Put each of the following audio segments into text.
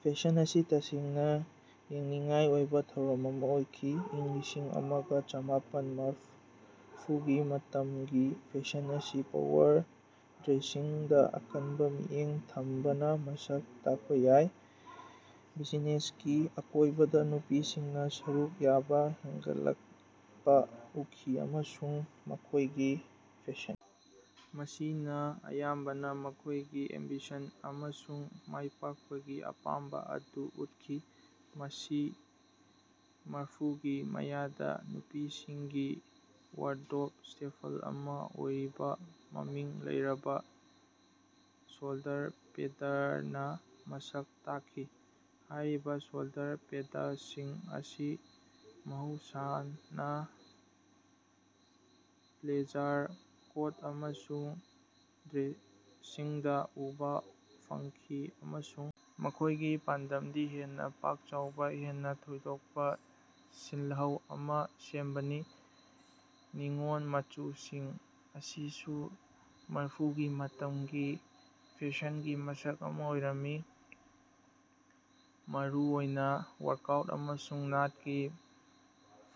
Fashion ꯑꯁꯤ ꯇꯁꯦꯡꯅ ꯌꯦꯡꯅꯤꯡꯉꯥꯏ ꯑꯣꯏꯕ ꯊꯧꯔꯝ ꯑꯃ ꯑꯣꯏꯈꯤ꯫ꯏꯪ ꯂꯤꯁꯤꯡ ꯑꯃꯒ ꯆꯃꯥꯄꯟ ꯃꯔꯤꯐꯨꯒꯤ ꯃꯇꯝꯒꯤ ꯐꯦꯁꯟ ꯑꯁꯤ ꯄꯥꯋꯔ ꯗ꯭ꯔꯦꯁꯤꯡꯗ ꯑꯀꯟꯕ ꯃꯤꯠꯌꯦꯡ ꯊꯝꯕꯅ ꯃꯁꯛ ꯇꯥꯛꯄ ꯌꯥꯏ꯫ ꯕꯤꯖꯤꯅꯦꯁꯀꯤ ꯑꯀꯣꯏꯕꯗ ꯅꯨꯄꯤꯁꯤꯡꯅ ꯁꯔꯨꯛ ꯌꯥꯕ ꯍꯦꯟꯒꯠꯂꯛꯄ ꯎꯈꯤ ꯑꯃꯁꯨꯡ ꯃꯈꯣꯏꯒꯤ ꯐꯦꯁꯟ ꯑꯁꯤꯅ ꯑꯌꯥꯝꯕꯅ ꯃꯈꯣꯏꯒꯤ ꯑꯦꯝꯕꯤꯁꯟ ꯑꯃꯁꯨꯡ ꯃꯥꯏꯄꯥꯛꯄꯒꯤ ꯑꯄꯥꯝꯕ ꯑꯗꯨ ꯎꯠꯈꯤ꯫ ꯃꯁꯤ ꯃꯔꯤꯐꯨꯒꯤ ꯃꯌꯥꯗ ꯅꯨꯄꯤꯁꯤꯡꯒꯤ ꯋꯥꯔꯗ꯭ꯔꯣꯕ ꯁ꯭ꯇꯦꯄꯜ ꯑꯃ ꯑꯣꯏꯔꯤꯕ ꯃꯃꯤꯡ ꯂꯩꯔꯕ ꯁꯣꯜꯗꯔ-ꯄꯦꯗꯅ ꯃꯁꯛ ꯇꯥꯛꯈꯤ꯫ ꯍꯥꯏꯔꯤꯕ ꯁꯣꯜꯗꯔ-ꯄꯦꯗꯁꯤꯡ ꯑꯁꯤ ꯃꯍꯧꯁꯥꯅ ꯕ꯭ꯂꯦꯖꯥꯔ, ꯀꯣꯠ ꯑꯃꯁꯨꯡ ꯗ꯭ꯔꯦꯁꯁꯤꯡꯗ ꯎꯕ ꯐꯪꯈꯤ ꯑꯃꯁꯨꯡ ꯃꯈꯣꯏꯒꯤ ꯄꯥꯟꯗꯝꯗꯤ ꯍꯦꯟꯅ ꯄꯥꯛ ꯆꯥꯎꯕ, ꯍꯦꯟꯅ ꯊꯣꯏꯗꯣꯛꯄ ꯁꯤꯜꯍꯧ ꯑꯃ ꯁꯦꯝꯕꯅꯤ꯫ ꯅꯤꯑꯣꯟ ꯃꯆꯨꯁꯤꯡ ꯑꯁꯤꯁꯨ ꯃꯔꯤꯐꯨꯒꯤ ꯃꯇꯝꯒꯤ ꯐꯦꯁꯟꯒꯤ ꯃꯁꯛ ꯑꯃ ꯑꯣꯏꯔꯝꯃꯤ꯫ ꯃꯔꯨꯑꯣꯏꯅ ꯋꯥꯔꯛꯑꯥꯎꯠ ꯑꯃꯁꯨꯡ ꯅꯥꯠꯀꯤ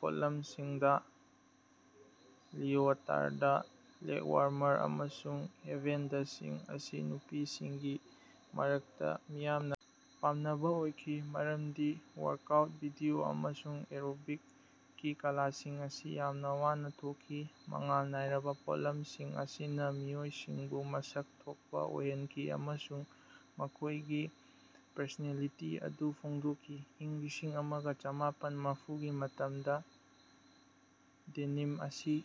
ꯄꯣꯠꯂꯝꯁꯤꯡꯗ ꯂꯤꯑꯣꯇꯥꯔꯗ, ꯂꯦꯒ ꯋꯥꯔꯃꯔ ꯑꯃꯁꯨꯡ ꯍꯦꯗꯕꯦꯟꯗꯁꯤꯡ ꯑꯁꯤ ꯅꯨꯄꯤꯁꯤꯡꯒꯤ ꯃꯔꯛꯇ ꯃꯤꯌꯥꯝꯅ ꯄꯥꯝꯅꯕ ꯑꯣꯏꯈꯤ ꯃꯔꯝꯗꯤ ꯋꯥꯔꯛꯑꯥꯎꯠ ꯚꯤꯗꯤꯑꯣ ꯑꯃꯁꯨꯡ ꯑꯦꯔꯣꯕꯤꯛꯁꯀꯤ ꯀ꯭ꯂꯥꯁꯁꯤꯡ ꯑꯁꯤ ꯌꯥꯝꯅ ꯋꯥꯅ ꯊꯣꯛꯈꯤ꯫ ꯃꯉꯥꯜ ꯅꯥꯏꯔꯕ ꯄꯣꯠꯂꯝꯁꯤꯡ ꯑꯁꯤꯅ ꯃꯤꯑꯣꯏꯁꯤꯡꯕꯨ ꯃꯁꯛ ꯊꯣꯛꯄ ꯑꯣꯏꯍꯟꯈꯤ ꯑꯃꯁꯨꯡ ꯃꯈꯣꯏꯒꯤ ꯄꯔꯁꯣꯅꯦꯜꯂꯤꯇꯤ ꯑꯗꯨ ꯐꯣꯡꯗꯣꯛꯈꯤ꯫ ꯏꯪ ꯂꯤꯁꯤꯡ ꯑꯃꯒ ꯆꯃꯥꯄꯟ ꯃꯔꯤꯐꯨꯒꯤ ꯃꯇꯝꯗ ꯗꯦꯅꯤꯝ ꯑꯁꯤ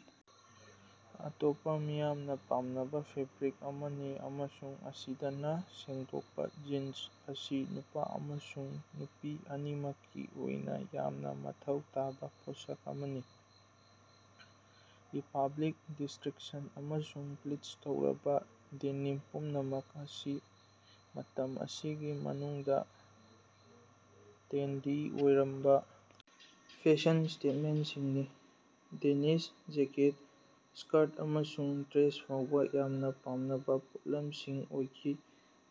ꯑꯇꯣꯞꯄ ꯃꯤꯌꯥꯝꯅ ꯄꯥꯝꯅꯕ ꯐꯦꯕ꯭ꯔꯤꯛ ꯑꯃꯅꯤ ꯑꯃꯁꯨꯡ ꯑꯦꯁꯤꯗꯅ ꯁꯦꯡꯗꯣꯛꯄ ꯖꯤꯟꯁ ꯑꯁꯤ ꯅꯨꯄꯥ ꯑꯃꯁꯨꯡ ꯅꯨꯄꯤ ꯑꯅꯤꯃꯛꯀꯤ ꯑꯣꯏꯅ ꯌꯥꯝꯅ ꯃꯊꯧ ꯇꯥꯕ ꯄꯣꯠꯁꯛ ꯑꯃꯅꯤ꯫ ꯔꯤꯄꯕ꯭ꯂꯤꯛ, ꯗꯤꯁꯇ꯭ꯔꯤꯁꯟ ꯑꯃꯁꯨꯡ ꯕ꯭ꯂꯤꯆ ꯇꯧꯔꯕ ꯗꯦꯅꯤꯝ ꯄꯨꯝꯅꯃꯛ ꯑꯁꯤ ꯃꯇꯝ ꯑꯁꯤꯒꯤ ꯃꯅꯨꯡꯗ ꯇ꯭ꯔꯦꯟꯗꯤ ꯑꯣꯏꯔꯝꯕ ꯐꯦꯁꯟ ꯁ꯭ꯇꯦꯠꯃꯦꯟꯇꯁꯤꯡꯅꯤ꯫ ꯗꯦꯅꯤꯁ ꯖꯦꯀꯦꯠ, ꯁ꯭ꯀꯔꯠ ꯑꯃꯁꯨꯡ ꯗ꯭ꯔꯦꯁ ꯐꯥꯎꯕ ꯌꯥꯝꯅ ꯄꯥꯝꯅꯕ ꯄꯣꯠꯂꯝꯁꯤꯡ ꯑꯣꯏꯈꯤ꯫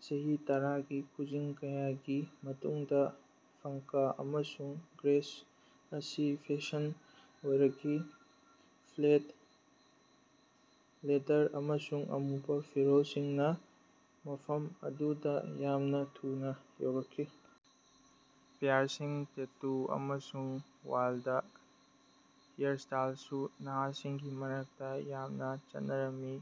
ꯆꯍꯤ ꯇꯔꯥꯒꯤ ꯈꯨꯖꯤꯡ ꯀꯌꯥꯒꯤ ꯃꯇꯨꯡꯗ ꯄꯪꯀ ꯑꯃꯁꯨꯡ ꯒ꯭ꯔꯟꯖ ꯑꯁꯤ ꯐꯦꯁꯟ ꯑꯣꯏꯔꯛꯈꯤ꯫ ꯄ꯭ꯂꯦꯗ, ꯂꯦꯗꯔ ꯑꯃꯁꯨꯡ ꯑꯃꯨꯕ ꯐꯤꯔꯣꯜꯁꯤꯡꯅ ꯃꯐꯝ ꯑꯗꯨꯗ ꯌꯥꯝꯅ ꯊꯨꯅ ꯌꯥꯎꯔꯛꯈꯤ꯫ ꯄꯤꯌꯔꯁꯤꯡ, ꯇꯦꯇꯨ ꯑꯃꯁꯨꯡ ꯋꯥꯏꯜꯗ ꯍꯤꯌꯔꯁ꯭ꯇꯥꯏꯜꯁꯨ ꯅꯍꯥꯁꯤꯡꯒꯤ ꯃꯔꯛꯇ ꯌꯥꯝꯅ ꯆꯠꯅꯔꯝꯃꯤ꯫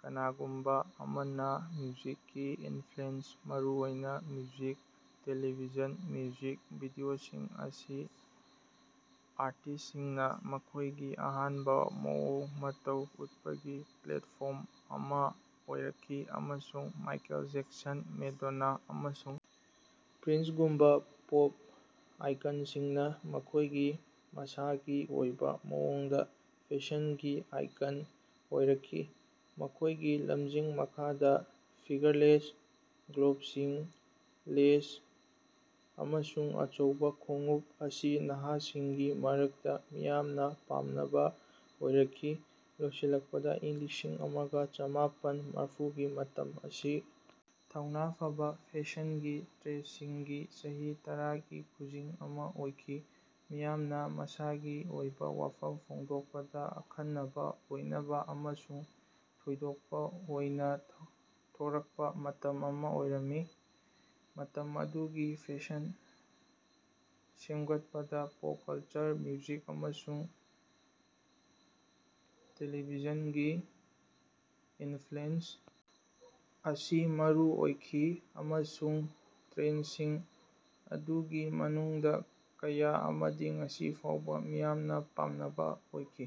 ꯀꯅꯥꯒꯨꯝꯕ ꯑꯃꯅ ꯃ꯭ꯌꯨꯖꯤꯛꯀꯤ ꯏꯟꯐ꯭ꯂꯨꯑꯦꯟꯁ, ꯃꯔꯨꯑꯣꯏꯅ ꯃ꯭ꯌꯨꯖꯤꯛ ꯇꯦꯂꯤꯚꯤꯖꯟ ꯃ꯭ꯌꯨꯖꯤꯛ ꯚꯤꯗꯤꯑꯣꯁꯤꯡ ꯑꯁꯤ ꯑꯥꯔꯇꯤꯁꯠꯁꯤꯡꯅ ꯃꯈꯣꯏꯒꯤ ꯑꯈꯟꯅꯕ ꯃꯑꯣꯡ ꯃꯇꯧ ꯎꯠꯄꯒꯤ ꯄ꯭ꯂꯦꯠꯐꯣꯔꯝ ꯑꯃ ꯑꯣꯏꯔꯛꯈꯤ ꯑꯃꯁꯨꯡ ꯃꯥꯏꯀꯦꯜ ꯖꯦꯛꯁꯟ, ꯃꯦꯗꯣꯅꯥ ꯑꯃꯁꯨꯡ ꯄ꯭ꯔꯤꯟꯁꯒꯨꯝꯕ ꯄꯣꯞ ꯑꯥꯏꯀꯟꯁꯤꯡꯅ ꯃꯈꯣꯏꯒꯤ ꯃꯁꯥꯒꯤ ꯑꯣꯏꯕ ꯃꯑꯣꯡꯗ ꯐꯦꯁꯟꯒꯤ ꯑꯥꯏꯀꯟ ꯑꯣꯏꯔꯛꯈꯤ꯫ ꯃꯈꯣꯏꯒꯤ ꯂꯝꯖꯤꯡ ꯃꯈꯥꯗ ꯐꯤꯒꯔꯂꯦꯁ ꯒ꯭ꯂꯣꯕꯁꯤꯡ, ꯂꯦꯁ ꯑꯃꯁꯨꯡ ꯑꯆꯧꯕ ꯈꯣꯡꯎꯞ ꯑꯁꯤ ꯅꯍꯥꯁꯤꯡꯒꯤ ꯃꯔꯛꯇ ꯃꯤꯌꯥꯝꯅ ꯄꯥꯝꯅꯕ ꯑꯣꯏꯔꯛꯈꯤ꯫ ꯂꯣꯏꯁꯤꯜꯂꯛꯄꯗ, ꯏꯪ ꯂꯤꯁꯤꯡ ꯑꯃꯒ ꯆꯃꯥꯄꯟ ꯃꯔꯤꯐꯨꯒꯤ ꯃꯇꯝ ꯑꯁꯤ ꯊꯧꯅꯥ ꯐꯕ ꯐꯦꯁꯟꯒꯤ ꯇ꯭ꯔꯦꯟꯗꯁꯤꯡꯒꯤ ꯆꯍꯤ ꯇꯔꯥꯒꯤ ꯈꯨꯖꯤꯡ ꯑꯃ ꯑꯣꯏꯈꯤ꯫ ꯃꯤꯌꯥꯝꯅ ꯃꯁꯥꯒꯤ ꯑꯣꯏꯕ ꯋꯥꯐꯝ ꯐꯣꯡꯗꯣꯛꯄꯗ ꯑꯈꯟꯅꯕ ꯑꯣꯏꯅꯕ ꯑꯃꯁꯨꯡ ꯊꯣꯏꯗꯣꯛꯄ ꯑꯣꯏꯅ ꯊꯣꯔꯛꯄ ꯃꯇꯝ ꯑꯃ ꯑꯣꯏꯔꯝꯃꯤ꯫ ꯃꯇꯝ ꯑꯗꯨꯒꯤ ꯐꯦꯁꯟ ꯁꯦꯝꯒꯠꯄꯗ ꯄꯣꯞ ꯀꯜꯆꯔ, ꯃ꯭ꯌꯨꯖꯤꯛ ꯑꯃꯁꯨꯡ ꯇꯦꯂꯤꯚꯤꯖꯟꯒꯤ ꯏꯟꯐ꯭ꯂꯨꯑꯦꯟꯁ ꯑꯁꯤ ꯃꯔꯨ ꯑꯣꯏꯈꯤ ꯑꯃꯁꯨꯡ ꯇ꯭ꯔꯦꯟꯗꯁꯤꯡ ꯑꯗꯨꯒꯤ ꯃꯅꯨꯡꯗ ꯀꯌꯥ ꯑꯃꯗꯤ ꯉꯁꯤ ꯐꯥꯎꯕ ꯃꯤꯌꯥꯝꯅ ꯄꯥꯝꯅꯕ ꯑꯣꯏꯈꯤ꯫